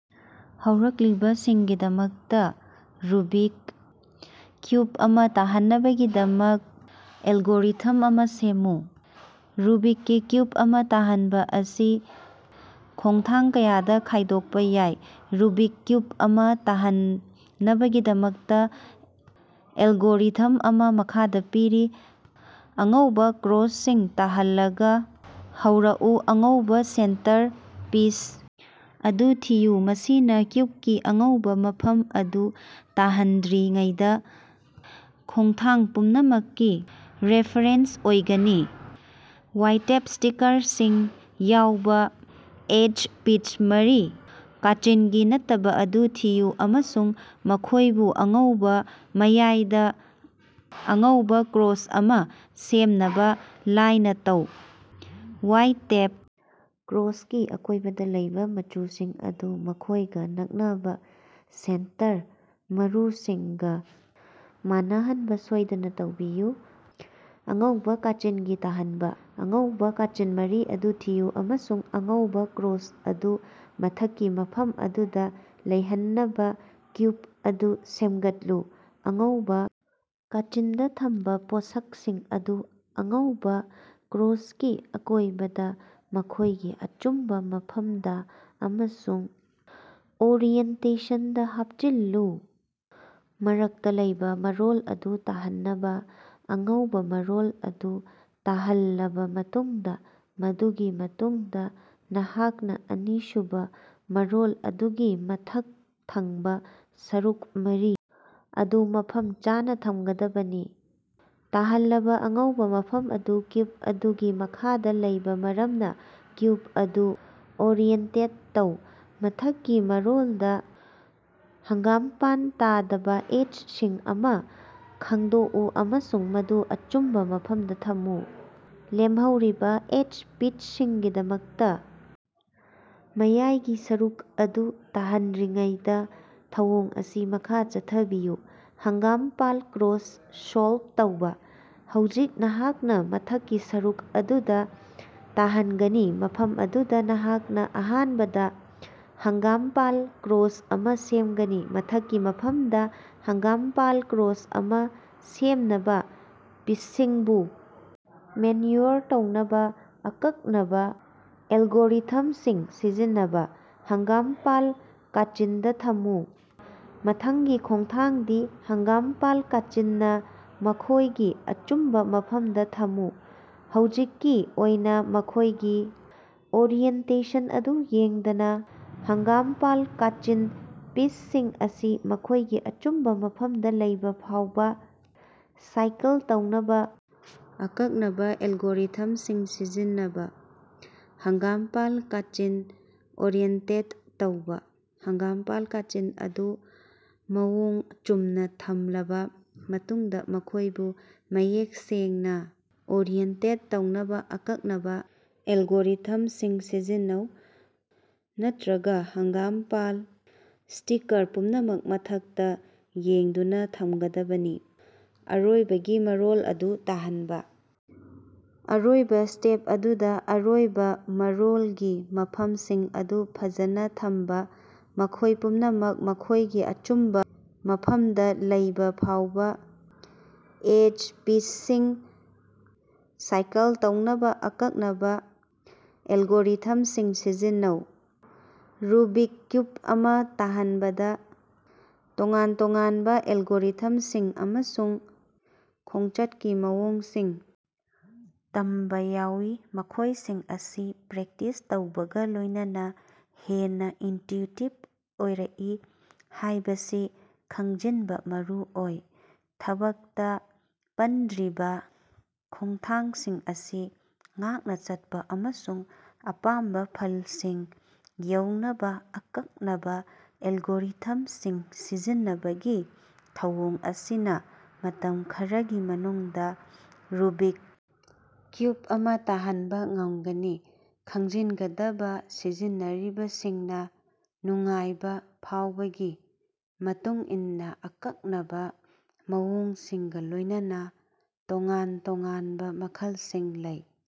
ꯍꯧꯔꯛꯂꯤꯕꯁꯤꯡꯒꯤꯗꯃꯛꯇ Rubik cube ꯑꯃ ꯇꯥꯍꯟꯅꯕꯒꯤꯗꯃꯛ algorithm ꯑꯃꯥ ꯁꯦꯝꯃꯨ꯫ ꯔꯨꯕꯤꯛꯀꯤ ꯀ꯭ꯌꯨꯕ ꯑꯃꯥ ꯇꯥꯍꯟꯕ ꯑꯁꯤ ꯈꯣꯡꯊꯥꯡ ꯀꯌꯥꯗ ꯈꯥꯢꯗꯣꯛꯄ ꯌꯥꯏ꯫ ꯔꯨꯕꯤꯛ ꯀ꯭ꯌꯨꯕ ꯑꯃ ꯇꯥꯍꯟꯅꯕꯒꯤꯗꯃꯛꯇ ꯑꯦꯂꯒꯣꯔꯤꯊꯝ ꯑꯃ ꯃꯈꯥꯗ ꯄꯤꯔꯤ: ꯑꯉꯧꯕꯥ ꯀ꯭ꯔꯣꯁ ꯁꯤꯡ ꯇꯥꯍꯜꯂꯒ ꯍꯧꯔꯛꯎ ꯑꯉꯧꯕꯥ ꯁꯦꯟꯇꯔ ꯄꯤꯁ ꯑꯗꯨ ꯊꯤꯌꯨ ꯃꯁꯤꯅ ꯀ꯭ꯌꯨꯕꯀꯤ ꯑꯉꯧꯕ ꯃꯐꯝ ꯑꯗꯨ ꯇꯥꯍꯟꯗ꯭ꯔꯤꯉꯩꯗ ꯈꯣꯡꯊꯥꯡ ꯄꯨꯝꯅꯃꯛꯀꯤ ꯔꯦꯐꯥꯔꯦꯟꯁ ꯑꯣꯏꯒꯅꯤ꯫ ꯋꯥꯏꯇꯦꯞ ꯁ꯭ꯇꯤꯀꯥꯔꯁꯤꯡ ꯌꯥꯎꯕ ꯑꯦꯖ ꯄꯤꯁ ꯃꯔꯤ ꯀꯥꯆꯤꯟꯒꯤ ꯅꯠꯇꯕ ꯑꯗꯨ ꯊꯤꯌꯨ ꯑꯃꯁꯨꯡ ꯃꯈꯣꯏꯕꯨ ꯑꯉꯧꯕ ꯃꯌꯥꯏꯗ ꯑꯉꯧꯕꯥ ꯀ꯭ꯔꯣꯁ ꯑꯃ ꯁꯦꯝꯅꯕꯥ ꯂꯥꯏꯟ ꯇꯧ꯫ ꯋꯥꯏꯇꯦꯞ ꯀ꯭ꯔꯣꯁꯀꯤ ꯑꯀꯣꯢꯕꯗ ꯂꯩꯕ ꯃꯆꯨꯁꯤꯡ ꯑꯗꯨ ꯃꯈꯣꯢꯒ ꯅꯛꯅꯕ ꯁꯦꯟꯇꯔ ꯃꯔꯨꯁꯤꯡꯒ ꯃꯥꯟꯅꯍꯟꯅꯕ ꯁꯣꯢꯗꯅ ꯇꯧꯕꯤꯌꯨ꯫ ꯑꯉꯧꯕꯥ ꯀꯥꯆꯤꯟꯒꯤ ꯇꯥꯍꯟꯕ: ꯑꯉꯧꯕꯥ ꯀꯥꯆꯤꯟ ꯃꯔꯤ ꯑꯗꯨ ꯊꯤꯌꯨ ꯑꯃꯁꯨꯡ ꯑꯉꯧꯕ ꯀ꯭ꯔꯣꯁ ꯑꯗꯨ ꯃꯊꯛꯀꯤ ꯃꯐꯝ ꯑꯗꯨꯗ ꯂꯩꯍꯟꯅꯕ ꯀ꯭ꯌꯨꯕ ꯑꯗꯨ ꯁꯦꯝꯒꯠꯂꯨ ꯫ ꯑꯉꯧꯕꯥ ꯀꯥꯆꯤꯟꯗ ꯊꯝꯕꯥ ꯄꯣꯠꯁꯛꯁꯤꯡ ꯑꯗꯨ ꯑꯉꯧꯕꯥ ꯀ꯭ꯔꯣꯁꯀꯤ ꯑꯀꯣꯢꯕꯗ ꯃꯈꯣꯢꯒꯤ ꯑꯆꯨꯝꯕ ꯃꯐꯝꯗ ꯑꯃꯁꯨꯡ ꯑꯣꯔꯤꯑꯦꯟꯇꯦꯁꯟꯗꯥ ꯍꯥꯞꯆꯤꯜꯂꯨ꯫ ꯃꯔꯛꯇ ꯂꯩꯕꯥ ꯃꯔꯣꯜ ꯑꯗꯨ ꯇꯍꯟꯅꯕ: ꯑꯉꯧꯕꯥ ꯃꯔꯣꯜ ꯑꯗꯨ ꯇꯥꯍꯜꯂꯕ ꯃꯇꯨꯡꯗ ꯃꯗꯨꯒꯤ ꯃꯇꯨꯡꯗ ꯅꯍꯥꯛꯅ ꯑꯅꯤꯁꯨꯕ ꯃꯔꯣꯜ ꯑꯗꯨꯒꯤ ꯃꯊꯛ ꯊꯪꯕ ꯁꯔꯨꯛ ꯃꯔꯤ ꯑꯗꯨ ꯃꯐꯝ ꯆꯥꯅ ꯊꯝꯒꯗꯕꯅꯤ꯫ ꯇꯍꯜꯂꯕ ꯑꯉꯧꯕꯥ ꯃꯐꯝ ꯑꯗꯨ ꯀ꯭ꯌꯨꯕ ꯑꯗꯨꯒꯤ ꯃꯈꯥꯗ ꯂꯩꯕ ꯃꯔꯝꯅ ꯀ꯭ꯌꯨꯕ ꯑꯗꯨ ꯑꯣꯔꯤꯑꯦꯟꯇꯦꯠ ꯇꯧ꯫ ꯃꯊꯛꯀꯤ ꯃꯔꯣꯜꯗ ꯍꯪꯒꯥꯝꯄꯥꯟ ꯇꯗꯕ ꯑꯦꯖ ꯄꯤꯁ ꯑꯃ ꯈꯪꯗꯣꯛꯎ ꯑꯃꯁꯨꯡ ꯃꯗꯨ ꯑꯆꯨꯝꯕ ꯃꯐꯝꯗ ꯊꯝꯃꯨ꯫ ꯂꯦꯝꯍꯧꯔꯤꯕ ꯑꯦꯖ ꯄꯤꯁꯁꯤꯡꯒꯤꯗꯃꯛꯇ ꯃꯌꯥꯏꯒꯤ ꯁꯔꯨꯛ ꯑꯗꯨ ꯇꯍꯟꯗ꯭ꯔꯤꯉꯩꯗꯥ ꯊꯧꯑꯣꯡ ꯑꯁꯤ ꯃꯈꯥ ꯆꯠꯊꯕꯤꯌꯨ꯫ ꯍꯪꯒꯥꯃꯄꯥꯜ ꯀ꯭ꯔꯣꯁ ꯁꯣꯜꯕ ꯇꯧꯕꯥ: ꯍꯧꯖꯤꯛ ꯅꯍꯥꯛꯅ ꯃꯊꯛꯀꯤ ꯁꯔꯨꯛ ꯑꯗꯨꯗ ꯇꯍꯟꯒꯅꯤ ꯃꯐꯝ ꯑꯗꯨꯗ ꯅꯍꯥꯛꯅ ꯑꯍꯥꯟꯕꯗ ꯍꯣꯒꯥꯃꯄꯥꯜ ꯀ꯭ꯔꯣꯁ ꯑꯃ ꯁꯦꯝꯒꯅꯤ꯫ ꯃꯊꯛꯀꯤ ꯃꯐꯝꯗ ꯍꯪꯒꯥꯃꯄꯥꯜ ꯀ꯭ꯔꯣꯁ ꯑꯃ ꯁꯦꯝꯅꯕ ꯄꯤꯁꯁꯤꯡꯕꯨ ꯃꯦꯟꯌꯨꯑꯣꯔ ꯇꯧꯅꯕ ꯑꯀꯛꯅꯕ ꯑꯦꯂꯒꯣꯔꯤꯊꯝꯁꯤꯡ ꯁꯤꯖꯤꯟꯅꯕ꯫ ꯍꯪꯒꯥꯃꯄꯥꯜ ꯀꯥꯆꯤꯟꯗ ꯊꯝꯃꯨ: ꯃꯊꯪꯒꯤ ꯈꯣꯡꯊꯥꯡꯗꯤ ꯍꯪꯒꯥꯃꯄꯥꯜ ꯀꯥꯆꯤꯟꯅ ꯃꯈꯣꯢꯒꯤ ꯑꯆꯨꯝꯕ ꯃꯐꯝꯗ ꯊꯝꯃꯨ ꯍꯧꯖꯤꯛꯀꯤ ꯑꯣꯏꯅ ꯃꯈꯣꯢꯒꯤ ꯑꯣꯔꯤꯑꯦꯟꯇꯦꯁꯟ ꯑꯗꯨ ꯌꯦꯡꯗꯅ꯫ ꯍꯪꯒꯥꯃꯄꯥꯜ ꯀꯥꯆꯤꯟ ꯄꯤꯁꯁꯤꯡ ꯑꯁꯤ ꯃꯈꯣꯢꯒꯤ ꯑꯆꯨꯝꯕ ꯃꯐꯝꯗ ꯂꯩꯕ ꯐꯥꯎꯕ ꯁꯥꯏꯀꯜ ꯇꯧꯅꯕ ꯑꯀꯛꯅꯕ ꯑꯦꯂꯒꯣꯔꯤꯊꯝꯁꯤꯡ ꯁꯤꯖꯤꯟꯅꯕ꯫ ꯍꯪꯒꯥꯃꯄꯥꯜ ꯀꯥꯆꯤꯟ ꯑꯣꯔꯤꯑꯦꯟꯇꯦꯠ ꯇꯧꯕꯥ: ꯍꯪꯒꯥꯃꯄꯥꯜ ꯀꯥꯆꯤꯟ ꯑꯗꯨ ꯃꯑꯣꯡ ꯆꯨꯝꯅ ꯊꯝꯂꯕ ꯃꯇꯨꯡꯗ ꯃꯈꯣꯢꯕꯨ ꯃꯌꯦꯛ ꯁꯦꯡꯅ ꯑꯣꯔꯤꯑꯦꯟꯇꯦꯠ ꯇꯧꯅꯕ ꯑꯀꯛꯅꯕ ꯑꯦꯂꯒꯣꯔꯤꯊꯝꯁꯤꯡ ꯁꯤꯖꯤꯟꯅꯧ ꯅꯠꯇ꯭ꯔꯒ ꯍꯪꯒꯥꯃꯄꯥꯜ ꯁ꯭ꯇꯤꯀꯥꯔ ꯄꯨꯝꯅꯃꯛ ꯃꯊꯛꯇ ꯌꯦꯡꯗꯨꯅ ꯊꯝꯒꯗꯕꯅꯤ꯫ ꯑꯔꯣꯏꯕꯒꯤ ꯃꯔꯣꯜ ꯑꯗꯨ ꯇꯥꯍꯟꯕ: ꯑꯔꯣꯏꯕꯥ ꯁ꯭ꯇꯦꯞ ꯑꯗꯨꯗ ꯑꯔꯣꯏꯕꯥ ꯃꯔꯣꯜꯒꯤ ꯃꯐꯝꯁꯤꯡ ꯑꯗꯨ ꯐꯖꯥꯅ ꯊꯝꯕ꯫ ꯃꯈꯣꯢ ꯄꯨꯝꯅꯃꯛ ꯃꯈꯣꯢꯒꯤ ꯑꯆꯨꯝꯕ ꯃꯐꯝꯗ ꯂꯩꯕ ꯐꯥꯎꯕ ꯑꯦꯖ ꯄꯤꯁꯁꯤꯡ ꯁꯥꯏꯀꯜ ꯇꯧꯅꯕ ꯑꯀꯛꯅꯕ ꯑꯦꯂꯒꯣꯔꯤꯊꯝꯁꯤꯡ ꯁꯤꯖꯤꯟꯅꯧ꯫ ꯔꯨꯕꯤꯛ ꯀ꯭ꯌꯨꯕ ꯑꯃ ꯇꯍꯟꯕꯗ ꯇꯣꯉꯥꯟ ꯇꯣꯉꯥꯟꯕ ꯑꯦꯂꯒꯣꯔꯤꯊꯝꯁꯤꯡ ꯑꯃꯁꯨꯡ ꯈꯣꯡꯆꯠꯀꯤ ꯃꯑꯣꯡꯁꯤꯡ ꯇꯝꯕ ꯌꯥꯎꯏ ꯃꯈꯣꯢꯁꯤꯡ ꯑꯁꯤ ꯄ꯭ꯔꯦꯛꯇꯤꯁ ꯇꯧꯕꯒ ꯂꯣꯢꯅꯅꯥ ꯍꯦꯟꯅ ꯏꯟꯇꯌꯨꯏꯇꯤꯕ ꯑꯣꯏꯔꯛꯏ ꯍꯥꯢꯕꯁꯤ ꯈꯪꯖꯤꯟꯕ ꯃꯔꯨ ꯑꯣꯏ꯫ ꯃꯊꯛꯇꯥ ꯄꯟꯈ꯭ꯔꯤꯕ ꯈꯣꯡꯊꯥꯡꯁꯤꯡ ꯑꯁꯤ ꯉꯥꯛꯅ ꯆꯠꯄꯥ ꯑꯃꯁꯨꯡ ꯑꯄꯥꯝꯕꯥ ꯐꯜꯁꯤꯡ ꯌꯧꯅꯕꯥ ꯑꯀꯛꯅꯕꯥ ꯑꯦꯂꯒꯣꯔꯤꯊꯝꯁꯤꯡ ꯁꯤꯖꯤꯟꯅꯕꯒꯤ ꯊꯧꯑꯣꯡ ꯑꯁꯤꯅ ꯃꯇꯝ ꯈꯔꯒꯤ ꯃꯅꯨꯡꯗ ꯔꯨꯕꯤꯛ ꯀ꯭ꯌꯨꯕ ꯑꯃ ꯇꯥꯍꯟꯕ ꯉꯝꯒꯅꯤ꯫ ꯈꯪꯖꯤꯟꯒꯗꯕ ꯁꯤꯖꯤꯟꯅꯔꯤꯕꯁꯤꯡꯅ ꯅꯨꯡꯉꯥꯏꯕ ꯐꯥꯎꯕꯒꯤ ꯃꯇꯨꯡꯏꯟꯅ ꯑꯀꯛꯅꯕ ꯃꯑꯣꯡꯁꯤꯡꯒꯥ ꯂꯣꯢꯅꯅꯥ ꯇꯣꯉꯥꯟ-ꯇꯣꯉꯥꯟꯕ ꯃꯈꯜꯁꯤꯡ ꯂꯩ꯫